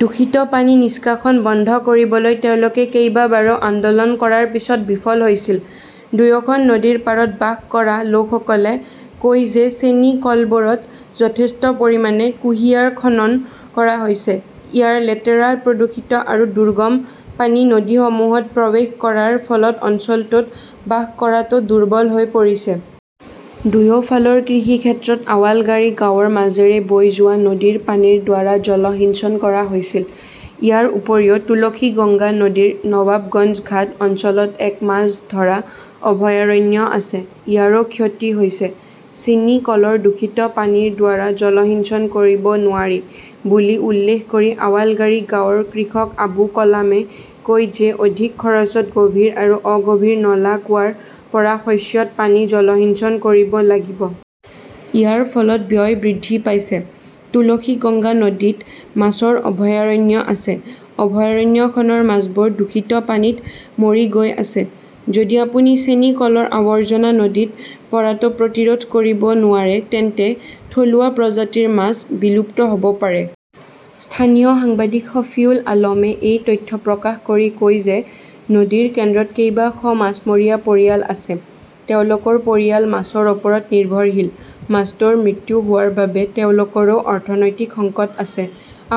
দূষিত পানী নিষ্কাশন বন্ধ কৰিবলৈ তেওঁলোকে কেইবাবাৰো আন্দোলন কৰাৰ পিছতো বিফল হৈছিল। দুয়োখন নদীৰ পাৰত বাস কৰা লোকসকলে কয় যে চেনি কলবোৰত যথেষ্ট পৰিমাণে কুঁহিয়াৰ খনন কৰা হৈছে। ইয়াৰ লেতেৰা, প্ৰদূষিত আৰু দুৰ্গম পানী নদীসমূহত প্ৰৱেশ কৰাৰ ফলত অঞ্চলটোত বাস কৰাটো দুৰ্বল হৈ পৰিছে। দুয়োফালৰ কৃষিক্ষেত্ৰত আৱালগাড়ী গাঁৱৰ মাজেৰে বৈ যোৱা নদীৰ পানীৰ দ্বাৰা জলসিঞ্চন কৰা হৈছিল। ইয়াৰ উপৰিও, তুলসীগঙ্গা নদীৰ নৱাবগঞ্জ ঘাট অঞ্চলত এক মাছ ধৰা অভয়াৰণ্য আছে। ইয়াৰো ক্ষতি হৈছে। চিনি কলৰ দূষিত পানীৰ দ্বাৰা জলসিঞ্চন কৰিব নোৱাৰি বুলি উল্লেখ কৰি আৱালগাড়ী গাঁৱৰ কৃষক আবু কলামে কয় যে অধিক খৰচত গভীৰ আৰু অগভীৰ নলা কুঁৱাৰ পৰা শস্যত পানী জলসিঞ্চন কৰিব লাগিব। ইয়াৰ ফলত ব্যয় বৃদ্ধি পাইছে। তুলসীগঙ্গা নদীত মাছৰ অভয়াৰণ্য আছে। অভয়াৰণ্যখনৰ মাছবোৰ দূষিত পানীত মৰি গৈ আছে। যদি আপুনি চেনি কলৰ আৱৰ্জনা নদীত পৰাটো প্ৰতিৰোধ কৰিব নোৱাৰে তেন্তে থলুৱা প্ৰজাতিৰ মাছ বিলুপ্ত হ 'ব পাৰে। স্থানীয় সাংবাদিক শফিউল আলমে এই তথ্য প্ৰকাশ কৰি কয় যে নদীৰ কেন্দ্ৰত কেইবাশ মাছমৰীয়া পৰিয়াল আছে। তেওঁলোকৰ পৰিয়াল মাছৰ ওপৰত নিৰ্ভৰশীল। মাছটোৰ মৃত্যু হোৱাৰ বাবে তেওঁলোকৰো অৰ্থনৈতিক সংকট আছে।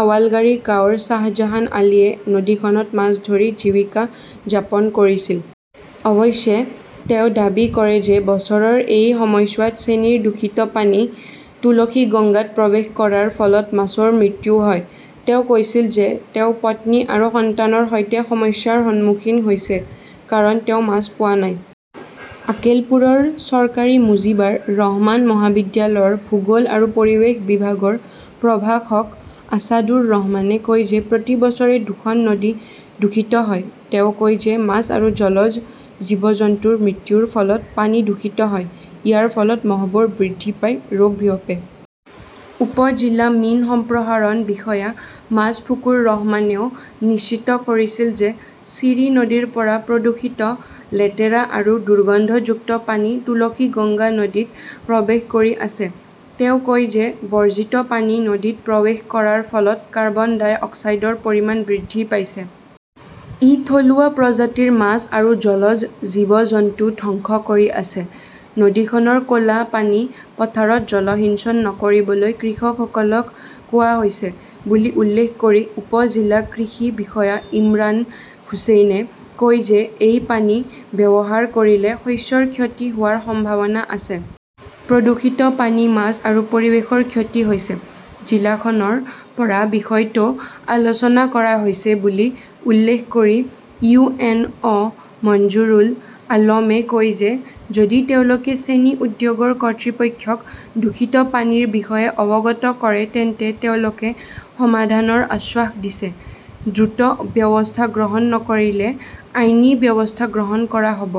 আৱালগাড়ী গাঁৱৰ শ্বাহজাহান আলীয়ে নদীখনত মাছ ধৰি জীৱিকা যাপন কৰিছিল। অৱশ্যে, তেওঁ দাবী কৰে যে বছৰৰ এই সময়ছোৱাত চেনিৰ দূষিত পানী তুলসীগঙ্গাত প্ৰৱেশ কৰাৰ ফলত মাছৰ মৃত্যু হয়। তেওঁ কৈছিল যে তেওঁ পত্নী আৰু সন্তানৰ সৈতে সমস্যাৰ সন্মুখীন হৈছে কাৰণ তেওঁ মাছ পোৱা নাই। আকেলপুৰৰ চৰকাৰী মুজিবাৰ ৰহমান মহাবিদ্যালয়ৰ ভূগোল আৰু পৰিৱেশ বিভাগৰ প্ৰভাষক আছাদুৰ ৰহমানে কয় যে প্ৰতি বছৰে দুখন নদী দূষিত হয়। তেওঁ কয় যে মাছ আৰু জলজ জীৱ-জন্তুৰ মৃত্যুৰ ফলত পানী দূষিত হয়। ইয়াৰ ফলত মহবোৰ বৃদ্ধি পায়, ৰোগ বিয়পে। উপ জিলা মীন সম্প্ৰসাৰণ বিষয়া মাছফুকুৰ ৰহমানেও নিশ্চিত কৰিছিল যে চিৰি নদীৰ পৰা প্ৰদূষিত, লেতেৰা আৰু দুৰ্গন্ধযুক্ত পানী তুলসীগঙ্গা নদীত প্ৰৱেশ কৰি আছে। তেওঁ কয় যে বৰ্জিত পানী নদীত প্ৰৱেশ কৰাৰ ফলত কাৰ্বন ডাই অক্সাইডৰ পৰিমাণ বৃদ্ধি পাইছে। ই থলুৱা প্ৰজাতিৰ মাছ আৰু জলজ জীৱ জন্তু ধ্বংস কৰি আছে। নদীখনৰ ক 'লা পানী পথাৰত জলসিঞ্চন নকৰিবলৈ কৃষকসকলক কোৱা হৈছে বুলি উল্লেখ কৰি উপ-জিলা কৃষি বিষয়া ইমৰান হুচেইনে কয় যে এই পানী ব্যৱহাৰ কৰিলে শস্যৰ ক্ষতি হোৱাৰ সম্ভাৱনা আছে। প্ৰদূষিত পানীত মাছ আৰু পৰিৱেশৰ ক্ষতি হৈছে। জিলাখনৰ পৰা বিষয়টো আলোচনা কৰা হৈছে বুলি উল্লেখ কৰি ইউ এন অ মঞ্জুৰুল আলমে কয় যে যদি তেওঁলোকে চেনি উদ্যোগৰ কৰ্তৃপক্ষক দূষিত পানীৰ বিষয়ে অৱগত কৰে তেন্তে তেওঁলোকে সমাধানৰ আশ্বাস দিছে। দ্ৰুত ব্যৱস্থা গ্ৰহণ নকৰিলে আইনী ব্যৱস্থা গ্ৰহণ কৰা হ’ব।